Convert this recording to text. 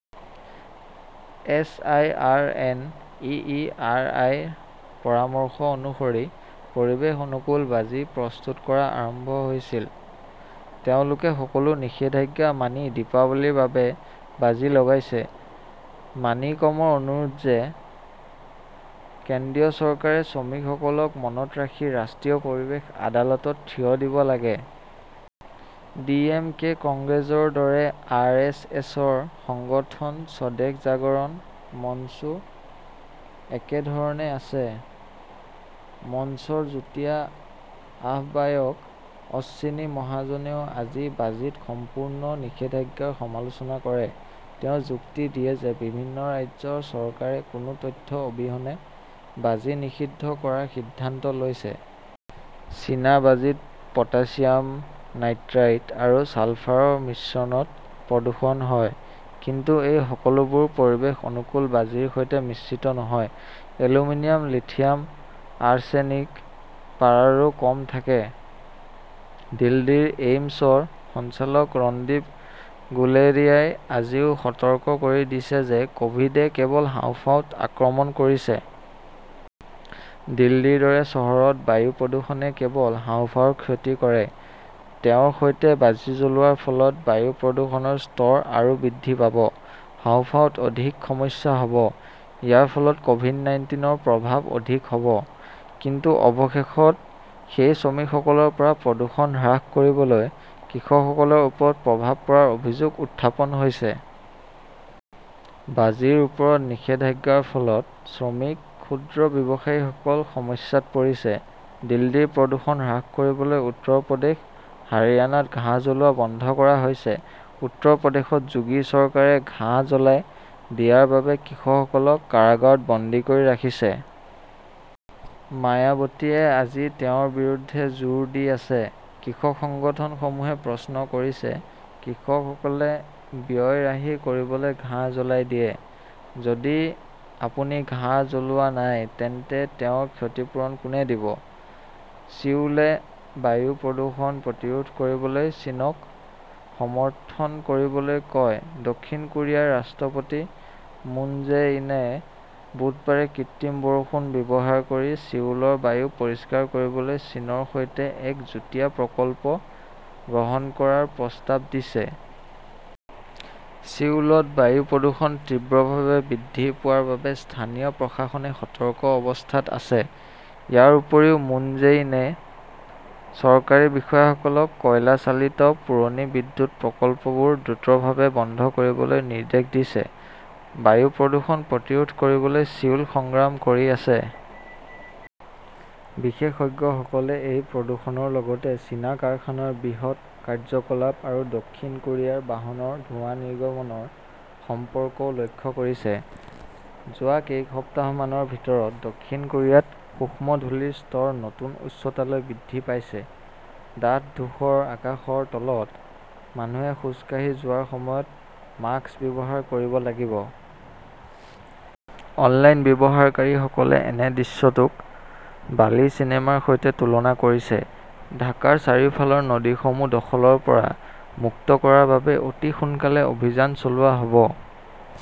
S. I. R. N. E. E. R. I. -ৰ পৰামৰ্শ অনুসৰি পৰিৱেশ-অনুকূল বাজি প্ৰস্তুত কৰা আৰম্ভ হৈছিল। তেওঁলোকে সকলো নিষেধাজ্ঞা মানি দীপাৱলীৰ বাবে বাজি লগাইছে। মাণিকমৰ অনুৰোধ যে কেন্দ্ৰীয় চৰকাৰে শ্ৰমিকসকলক মনত ৰাখি ৰাষ্ট্ৰীয় পৰিৱেশ আদালতত থিয় দিব লাগে। ডি.এম.কে কংগ্ৰেছৰ দৰে আৰ. এছ. এছ.ৰ সংগঠন স্বদেশ জাগৰণ মঞ্চো একেধৰণে আছে। মঞ্চৰ যুটীয়া আহ্বায়ক অশ্বিনী মহাজনেও আজি বাজীত সম্পূৰ্ণ নিষেধাজ্ঞাৰ সমালোচনা কৰে। তেওঁ যুক্তি দিয়ে যে বিভিন্ন ৰাজ্যৰ চৰকাৰে কোনো তথ্য অবিহনে বাজি নিষিদ্ধ কৰাৰ সিদ্ধান্ত লৈছে। চীনা বাজীত পটাছিয়াম নাইট্ৰেট আৰু ছালফাৰ মিশ্ৰণত প্ৰদূষণ হয়। কিন্তু এই সকলোবোৰ পৰিৱেশ-অনুকূল বাজিৰ সৈতে মিশ্ৰিত নহয়। এলুমিনিয়াম, লিথিয়াম, আৰ্ছেনিক, পাৰাৰো কম থাকে। দিল্লীৰ এইমছৰ সঞ্চালক ৰণদীপ গুলেৰিয়াই আজিও সতৰ্ক কৰি দিছে যে কভিড-এ কেৱল হাঁওফাঁওত আক্ৰমণ কৰিছে। দিল্লীৰ দৰে চহৰত বায়ু প্ৰদূষণে কেৱল হাঁওফাঁওৰ ক্ষতি কৰে ,তেওঁৰ সৈতে বাজি জ্বলোৱাৰ ফলত বায়ু প্ৰদূষণৰ স্তৰ আৰু বৃদ্ধি পাব। হাঁওফাঁওত অধিক সমস্যা হ'ব। ইয়াৰ ফলত কভিড-নাইন্তিনৰ প্ৰভাৱ অধিক হ'ব। কিন্তু অৱশেষত সেই শ্ৰমিকসকলৰ পৰা প্ৰদূষণ হ্ৰাস কৰিবলৈ কৃষকসকলৰ ওপৰত প্ৰভাৱ পৰাৰ অভিযোগ উত্থাপন হৈছে। বাজিৰ ওপৰত নিষেধাজ্ঞাৰ ফলত শ্ৰমিক, ক্ষুদ্ৰ ব্যৱসায়ীসকল সমস্যাত পৰিছে। দিল্লীৰ প্ৰদূষণ হ্ৰাস কৰিবলৈ উত্তৰ প্ৰদেশ, হাৰিয়ানাত ঘাঁহ জ্বলোৱা বন্ধ কৰা হৈছে। উত্তৰ প্ৰদেশত যোগী চৰকাৰে ঘাঁহ জ্বলাই দিয়াৰ বাবে কৃষকসকলক কাৰাগাৰত বন্দী কৰি ৰাখিছে। মায়াবতীয়ে আজি তেওঁৰ বিৰুদ্ধে জোৰ দি আছে। কৃষক সংগঠনসমূহে প্ৰশ্ন কৰিছে কৃষকসকলে ব্যয় ৰাহি কৰিবলৈ ঘাঁহ জ্বলাই দিয়ে। যদি আপুনি ঘাঁহ জ্বলোৱা নাই তেন্তে তেওঁৰ ক্ষতিপূৰণ কোনে দিব? ছিউলে বায়ু প্ৰদূষণ প্ৰতিৰোধ কৰিবলৈ চীনক সমৰ্থন কৰিবলৈ কয় দক্ষিণ কোৰিয়াৰ ৰাষ্ট্ৰপতি মুন জে-ইনে বুধবাৰে কৃত্ৰিম বৰষুণ ব্যৱহাৰ কৰি ছিউলৰ বায়ু পৰিষ্কাৰ কৰিবলৈ চীনৰ সৈতে এক যুটীয়া প্ৰকল্প গ্ৰহণ কৰাৰ প্ৰস্তাৱ দিছে। ছিউলত বায়ু প্ৰদূষণ তীব্ৰভাৱে বৃদ্ধি পোৱাৰ বাবে স্থানীয় প্ৰশাসনে সতৰ্ক অৱস্থাত আছে। ইয়াৰ উপৰিও, মুন জেইনে চৰকাৰী বিষয়াসকলক কয়লা চালিত পুৰণি বিদ্যুৎ প্ৰকল্পবোৰ দ্ৰুতভাৱে বন্ধ কৰিবলৈ নিৰ্দেশ দিছে। বায়ু প্ৰদূষণ প্ৰতিৰোধ কৰিবলৈ ছিউল সংগ্ৰাম কৰি আছে। বিশেষজ্ঞসকলে এই প্ৰদূষণৰ লগতে চীনা কাৰখানাৰ বৃহৎ কাৰ্যকলাপ আৰু দক্ষিণ কোৰিয়াৰ বাহনৰ ধোৱা নিৰ্গমনৰ সম্পৰ্কও লক্ষ্য কৰিছে। যোৱা কেইসপ্তাহমানৰ ভিতৰত দক্ষিণ কোৰিয়াত সূক্ষ্ম ধূলিৰ স্তৰ নতুন উচ্চতালৈ বৃদ্ধি পাইছে। ডাঠ-ধূসৰ আকাশৰ তলত মানুহে খোজ কাঢ়ি যোৱাৰ সময়ত মাস্ক ব্যৱহাৰ কৰিব লাগিব। অনলাইন ব্যৱহাৰকাৰীসকলে এনে দৃশ্যটোক ৱালি চিনেমাৰ সৈতে তুলনা কৰিছে। ঢাকাৰ চাৰিওফালৰ নদীসমূহ দখলৰ পৰা মুক্ত কৰাৰ বাবে অতি সোনকালে অভিযান চলোৱা হ'ব।